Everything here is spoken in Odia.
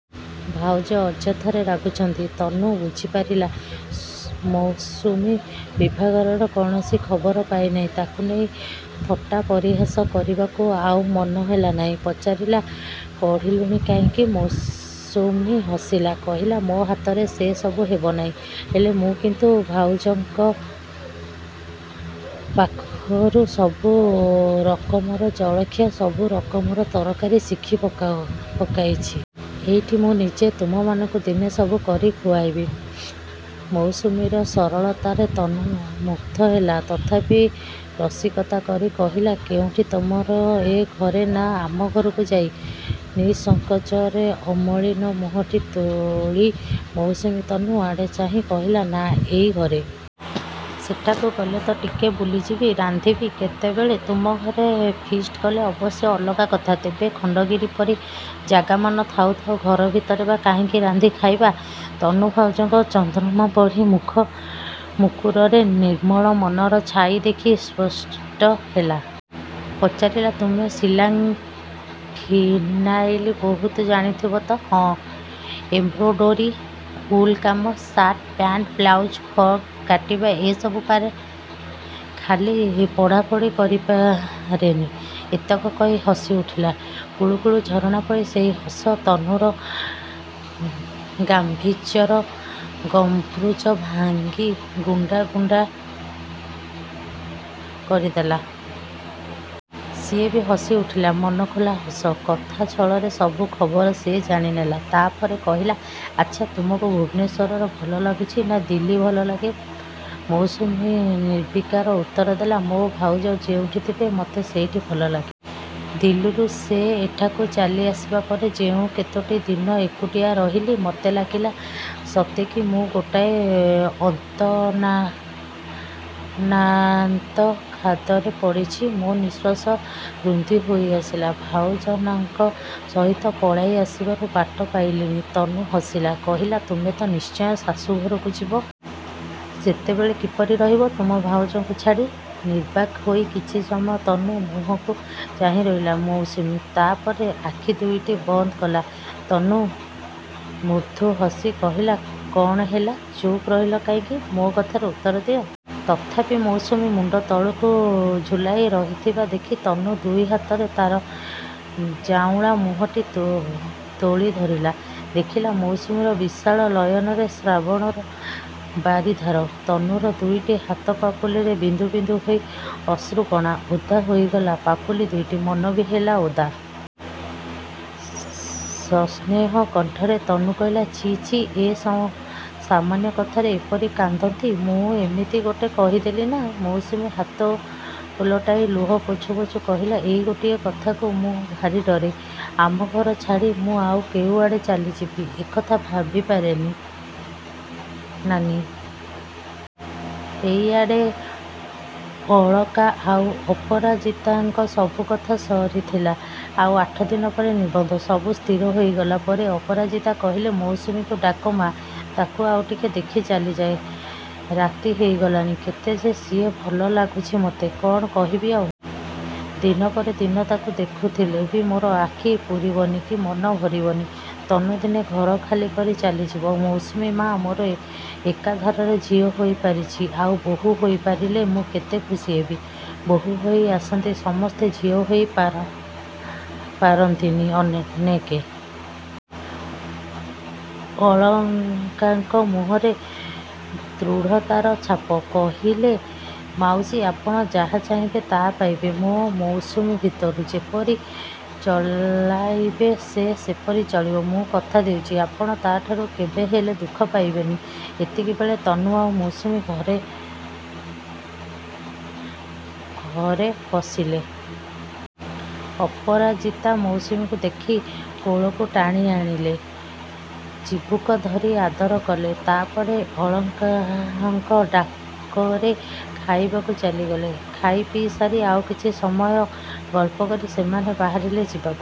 ଭାଉଜ ଅଯଥାରେ ରାଗୁଛନ୍ତି। ତନୁ ବୁଝିପାରିଲା ମୌସୁମୀ ବିଭାଘରର କୌଣସି ଖବର ପାଇନାହିଁ। ତାକୁ ନେଇ ଥଟ୍ଟା ପରିହାସ କରିବାକୁ ଆଉ ମନ ହେଲାନାହିଁ। ପଚାରିଲା ପଢ଼ିଲୁନି କାହିଁକି? ମୌସୁମୀ ହସିଲା। କହିଲା ମୋ ହାତରେ ସେ ସବୁ ହେବନାହିଁ। ହେଲେ ମୁଁ କିନ୍ତୁ ଭାଉଜଙ୍କ ପାଖରୁ ସବୁ ରକମର ଜଳଖିଆ, ସବୁ ରକମର ତରକାରୀ ଶିଖି ପକାଇଛି। ଏଇଠି ମୁଁ ନିଜେ ତୁମମାନଙ୍କୁ ଦିନେ ସବୁ କରି ଖୁଆଇବି। ମୌସୁମୀର ସରଳତାରେ ତନୁ ମୁଗ୍ଧ ହେଲା। ତଥାପି ରସିକତା କରି କହିଲା କେଉଁଠି, ତୁମର ଏ ଘରେ ନା ଆମ ଘରକୁ ଯାଇ? ନିଃସଙ୍କୋଚରେ ଅମଳିନ ମୁହଁଟି ତୋଳି ମୌସୁମୀ ତନୁ ଆଡ଼େ ଚାହିଁ କହିଲା ନା, ଏଇ ଘରେ। ସେଠାକୁ ଗଲେ ତ ଟିକେ ବୁଲିଯିବି। ରାନ୍ଧିବି କେତେବେଳେ? ତୁମ ଘରେ ଫିଷ୍ଟ୍ କଲେ ଅବଶ୍ୟ ଅଲଗା କଥା। ତେବେ ଖଣ୍ଡଗିରି ପରି ଜାଗାମାନ ଥାଉ ଥାଉ ଘର ଭିତରେ ବା କାହିଁକି ରାନ୍ଧି ଖାଇବା! ତନୁ ଭାଉଜଙ୍କ ଚନ୍ଦ୍ରମା ପରି ମୁଖମୁକୁରରେ ନିର୍ମଳ ମନର ଛାଇ ଦେଖି ହୃଷ୍ଟ ହେଲା। ପଚାରିଲା ତୁମେ ସିଲାଇ ଫିଲାଇ ବହୁତ ଜାଣିଥିବ ତ? ହଁ, ଏମ୍ବ୍ରୋଡୋରୀ, ଉଲ୍‌କାମ, ସାର୍ଟ-ପ୍ୟାଣ୍ଟ, ବ୍ଲାଉଜ୍, ଫ୍ରକ୍ କାଟିବା ଏଇ ସବୁ ପାରେ। ଖାଲି ପଢ଼ାପଢ଼ି କରି ପାରେନି । ଏତକ କହି ହସିଉଠିଲା। କୁଳୁକୁଳୁ ଝରଣା ପରି ସେଇ ହସ ତନୁର ଗାମ୍ଭୀର୍ଯ୍ୟର ଗମ୍ବୁଜ ଭାଙ୍ଗି ଗୁଣ୍ଡା ଗୁଣ୍ଡା କରିଦେଲା। ସିଏ ବି ହସିଉଠିଲା ମନଖୋଲା ହସ। କଥା ଛଳରେ ସବୁ ଖବର ସେ ଜାଣିନେଲା। ତା’ପରେ କହିଲା ଆଚ୍ଛା, ତୁମକୁ ଭୁବନେଶ୍ୱର ଭଲ ଲାଗୁଛି ନା ଦିଲ୍ଲୀ ଭଲ ଲାଗେ? ମୌସୁମୀ ନିର୍ବିକାର ଉତ୍ତର ଦେଲା ମୋ ଭାଉଜ ଯେଉଁଠି ଥିବେ, ମୋତେ ସେଇଠି ଭଲ ଲାଗେ। ଦିଲ୍ଲୀରୁ ସେ ଏଠାକୁ ଚାଲିଆସିବା ପରେ ଯେଉଁ କେତୋଟି ଦିନ ଏକୁଟିଆ ରହିଲି, ମୋତେ ଲାଗିଲା ସତେକି ମୁଁ ଗୋଟାଏ ଅତଳାନ୍ତ ଖାଦରେ ପଡ଼ିଛି। ମୋ ନିଃଶ୍ୱାସ ରୁନ୍ଧି ହୋଇଆସିଲା। ଭାଇନାଙ୍କ ସହିତ ପଳାଇ ଆସିବାକୁ ବାଟ ପାଇଲିନି। ତନୁ ହସିଲା। କହିଲା ତୁମେ ତ ନିଶ୍ଚୟ ଶାଶୂଘରକୁ ଯିବ। ସେତେବେଳେ କିପରି ରହିବ ତୁମ ଭାଉଜଙ୍କୁ ଛାଡ଼ି? ନିର୍ବାକ୍ ହୋଇ କିଛି ସମୟ ତନୁ ମୁହଁକୁ ଚାହିଁ ରହିଲା ମୌସୁମୀ। ତା’ ପରେ ଆଖି ଦୁଇଟି ବନ୍ଦ କଲା। ତନୁ ମୃଦୁ ହସି କହିଲା କ’ଣ ହେଲା, ଚୁପ୍ ରହିଲ କାହିଁକି? ମୋ କଥାର ଉତ୍ତର ଦିଅ। ତଥାପି ମୌସୁମୀ ମୁଣ୍ଡ ତଳକୁ ଝୁଲାଇ ରହିଥିବା ଦେଖି ତନୁ ଦୁଇ ହାତରେ ତା’ର ଝାଉଁଳା ମୁହଁଟି ତୋଳି ଧରିଲା। ଦେଖିଲା ମୌସୁମୀର ବିଶାଳ ନୟନରେ ଶ୍ରାବଣର ବାରିଧାରା। ତନୁର ଦୁଇଟି ହାତପାପୁଲିରେ ବିନ୍ଦୁ ବିନ୍ଦୁ ହୋଇ ଅଶ୍ରୁକଣା। ଓଦା ହୋଇଗଲା ପାପୁଲି ଦୁଇଟି। ମନ ବି ହେଲା ଓଦା। ସସ୍ନେହ କଣ୍ଠରେ ତନୁ କହିଲା ଛି ଛି, ଏ ସାମାନ୍ୟ କଥାରେ ଏପରି କାନ୍ଦନ୍ତି? ମୁଁ ଏମିତି ଗୋଟେ କହିଦେଲି ନା! ମୌସୁମୀ ହାତ ଓଲଟାଇ ଲୁହ ପୋଛୁ ପୋଛୁ କହିଲା ଏଇ ଗୋଟିଏ କଥାକୁ ମୁଁ ଭାରି ଡରେ। ଆମ ଘର ଛାଡ଼ି ମୁଁ ଆଉ କେଉଁଆଡ଼େ ଚାଲିଯିବି, ଏ କଥା ଭାବିପାରେନି ନାନୀ। ଏଆଡ଼େ ଅଳକା ଆଉ ଅପରାଜିତାଙ୍କର ସବୁ କଥା ସରିଥିଲା। ଆଉ ଆଠ ଦିନ ପରେ ନିର୍ବନ୍ଧ। ସବୁ ସ୍ଥିର ହୋଇଗଲା ପରେ ଅପରାଜିତା କହିଲେ ମୌସୁମୀକୁ ଡାକ ମାଆ, ତାକୁ ଆଉ ଟିକେ ଦେଖି ଚାଲିଯାଏ। ରାତି ହୋଇଗଲାଣି। କେତେ ଯେ ସିଏ ଭଲ ଲାଗୁଛି ମୋତେ, କ’ଣ କହିବି ଆଉ! ଦିନ ପରେ ଦିନ ତାକୁ ଦେଖୁଥିଲେ ବି ମୋର ଆଖି ପୁରିବନି କି ମନ ଭରିବନି। ତନୁ ଦିନେ ଘର ଖାଲି କରି ଚାଲିଯିବ। ମୌସୁମୀ ମାଆ ମୋର ଏକାଧାରରେ ଝିଅ ହୋଇପାରିଛି, ଆଉ ବୋହୂ ହୋଇପାରିଲେ ମୁଁ କେତେ ଖୁସି ହେବି! ବୋହୂ ହୋଇ ଆସନ୍ତି ସମସ୍ତେ, ଝିଅ ହୋଇ ପାରନ୍ତିନି ଅନେକେ। ଅଳକାଙ୍କ ମୁହଁରେ ଦୃଢ଼ତାର ଛାପ। କହିଲେ ମାଉସୀ, ଆପଣ ଯାହା ଚାହିଁବେ ତା’ ପାଇବେ ମୋ ମୌସୁମୀ ଭିତରୁ। ଯେପରି ଚଳାଇବେ ସେ ସେପରି ଚଳିବ। ମୁଁ କଥା ଦେଉଛି, ଆପଣ ତା’ଠାରୁ କେବେହେଲେ ଦୁଃଖ ପାଇବେନି। ଏତିକିବେଳେ ତନୁ ଆଉ ମୌସୁମୀ ଘରେ ପଶିଲେ। ଅପରାଜିତା ମୌସୁମୀକୁ ଦେଖି କୋଳକୁ ଟାଣିଆଣିଲେ। ଚିବୁକ ଧରି ଆଦର କଲେ। ତା’ପରେ ଅଳକାଙ୍କ ଡାକରେ ଖାଇବାକୁ ଚାଲିଗଲେ। ଖାଇପିଇ ସାରି, ଆଉ କିଛି ସମୟ ଗଳ୍ପ କରି ସେମାନେ ବାହାରିଲେ ଯିବାକୁ।